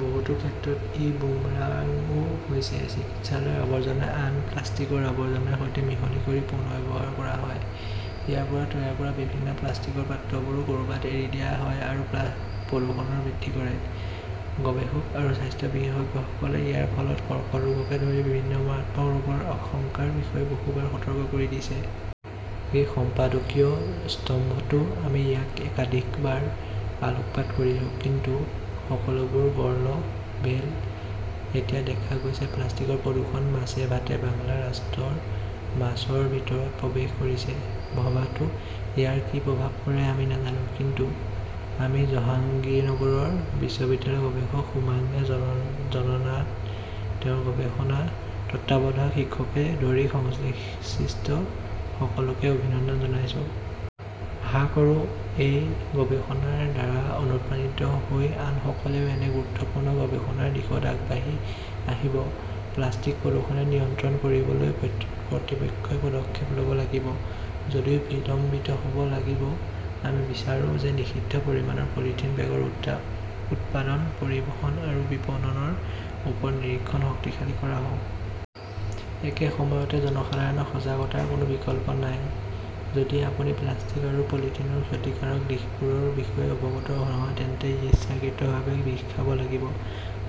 বহুতো ক্ষেত্ৰত ই বুমৰাংও হৈছে। চিকিৎসালয়ৰ আৱৰ্জনা আন প্লাষ্টিকৰ আৱৰ্জনাৰ সৈতে মিহলি কৰি পুনৰ্ব্যৱহাৰ কৰা হয়; ইয়াৰ পৰা তৈয়াৰ কৰা বিভিন্ন প্লাষ্টিকৰ পাত্ৰবোৰো ক’ৰবাত এৰি দিয়া হয় আৰু প্ৰদূষণ বৃদ্ধি কৰে। গৱেষক আৰু স্বাস্থ্য বিশেষজ্ঞসকলে ইয়াৰ ফলত কৰ্কট ৰোগকে ধৰি বিভিন্ন মাৰাত্মক ৰোগৰ আশংকাৰ বিষয়ে বহুবাৰ সতৰ্ক কৰি দিছে। এই সম্পাদকীয় স্তম্ভতো আমি ইয়াক একাধিকবাৰ আলোকপাত কৰিছো। কিন্তু সকলোবোৰ গৰ্ল ভেল! এতিয়া দেখা গৈছে-প্লাষ্টিকৰ প্ৰদূষণ 'মাছে ভাতে বাংলা ৰাষ্ট্ৰৰ মাছৰ ভিতৰত প্ৰৱেশ কৰিছে। ভাৱাতো ইয়াৰ কি প্ৰভাৱ পৰে আমি নাজানো। আমি জাহাঙ্গীৰনগৰ বিশ্ববিদ্যালয়ৰ গৱেষক সুমাইয়া জাননাত, তেওঁৰ গৱেষণা তত্ত্বাৱধায়ক শিক্ষককে ধৰি সংশ্লিষ্ট সকলোকে অভিনন্দন জনাইছো। আশা কৰোঁ এই গৱেষণাৰ দ্বাৰা অনুপ্ৰাণিত হৈ আনসকলেও এনে গুৰুত্বপূৰ্ণ গৱেষণাৰ দিশত আগবাঢ়ি আহিব। পলাস্টিক প্ৰদূষণ নিয়ন্ত্ৰণ কৰিবলৈ কৰ্তৃপক্ষই পদক্ষেপ ল’ব লাগিব, যদিও বিলম্বিত হ’ব লাগিব। আমি বিচাৰো যে নিষিদ্ধ পৰিমাণৰ পলিথিন বেগৰ উৎপাদন, পৰিবহণ আৰু বিপণনৰ ওপৰত নিৰীক্ষণ শক্তিশালী কৰা হওক। একে সময়তে, জনসাধাৰণৰ সজাগতাৰ কোনো বিকল্প নাই। যদি আপুনি প্লাষ্টিক আৰু পলিথিনৰ ক্ষতিকাৰক দিশবোৰৰ বিষয়ে অৱগত নহয় তেন্তে ইচ্ছাকৃতভাৱে বিষ খাব লাগিব।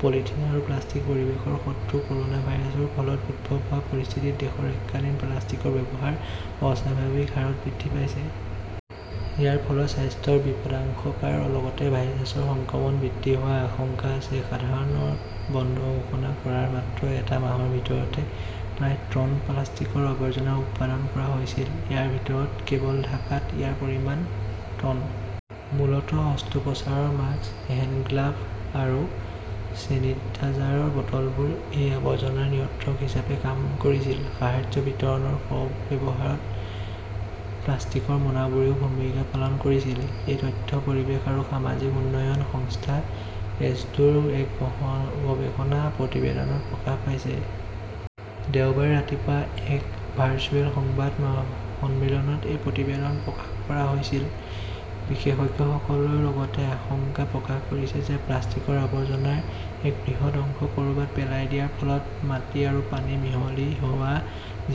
পলিথিন আৰু প্লাষ্টিক পৰিৱেশৰ শত্ৰু ক’ৰ’না ভাইৰাছৰ ফলত উদ্ভৱ হোৱা পৰিস্থিতিত দেশত এককালীন প্লাষ্টিকৰ ব্যৱহাৰ অস্বাভাৱিক হাৰত বৃদ্ধি পাইছে। ইয়াৰ ফলত স্বাস্থ্যৰ বিপদাশংকাৰ লগতে ভাইৰাছৰ সংক্ৰমণ বৃদ্ধি হোৱাৰ আশংকা আছে। সাধাৰণ বন্ধ ঘোষণা কৰাৰ মাত্ৰ এটা মাহৰ ভিতৰতে প্ৰায় টন প্লাষ্টিকৰ আৱৰ্জনা উৎপাদন কৰা হৈছিল। ইয়াৰ ভিতৰত কেৱল ঢাকাত ইয়াৰ পৰিমাণ টন। মূলতঃ অস্ত্ৰোপচাৰৰ মাস্ক, হেণ্ডগ্লাভ আৰু ছেনিটাইজাৰৰ বটলবোৰে এই আৱৰ্জনাৰ নিয়ন্ত্ৰক হিচাপে কাম কৰিছিল। সাহায্য বিতৰণত ব্যৱহৃত প্লাষ্টিকৰ মোনাবোৰেও ভূমিকা পালন কৰিছিল। এই তথ্য পৰিৱেশ আৰু সামাজিক উন্নয়ন সংস্থা-এছডোৰ এক গৱেষণা প্ৰতিবেদনত প্ৰকাশ পাইছে। দেওবাৰে ৰাতিপুৱা এক ভাৰ্চুৱেল সংবাদ সন্মিলনত এই প্ৰতিবেদন প্ৰকাশ কৰা হৈছিল। বিশেষজ্ঞসকলে লগতে আশংকা প্ৰকাশ কৰিছে যে প্লাষ্টিকৰ আৱৰ্জনাৰ এক বৃহৎ অংশ ক’ৰবাত পেলাই দিয়াৰ ফলত মাটি আৰু পানীত মিহলি হোৱা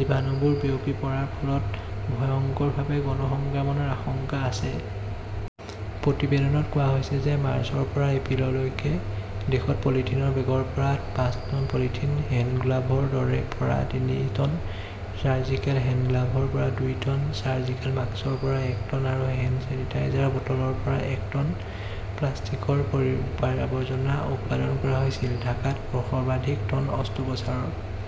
জীৱাণুবোৰ বিয়পি পৰাৰ ফলত ভয়ংকৰভাৱে গণ সংক্ৰমণৰ আশংকা আছে। প্ৰতিবেদনত কোৱা হৈছে যে মাৰ্চৰ পৰা এপ্ৰিললৈকে দেশত পলিথিন বেগৰ পৰা পাঁচ, টন, পলিথিন হেণ্ডগ্লাভৰ পৰা তিনি, টন, চাৰ্জিকেল হেণ্ডগ্লাভৰ পৰা দুই, টন, চাৰ্জিকেল মাস্কৰ পৰা এক, টন আৰু হেণ্ড ছেনিটাইজাৰৰ বটলৰ পৰা টন প্লাষ্টিকৰ আৱৰ্জনা উৎপাদন কৰা হৈছিল। ঢাকাত সৰ্বাধিক টন অস্ত্ৰোপচাৰৰ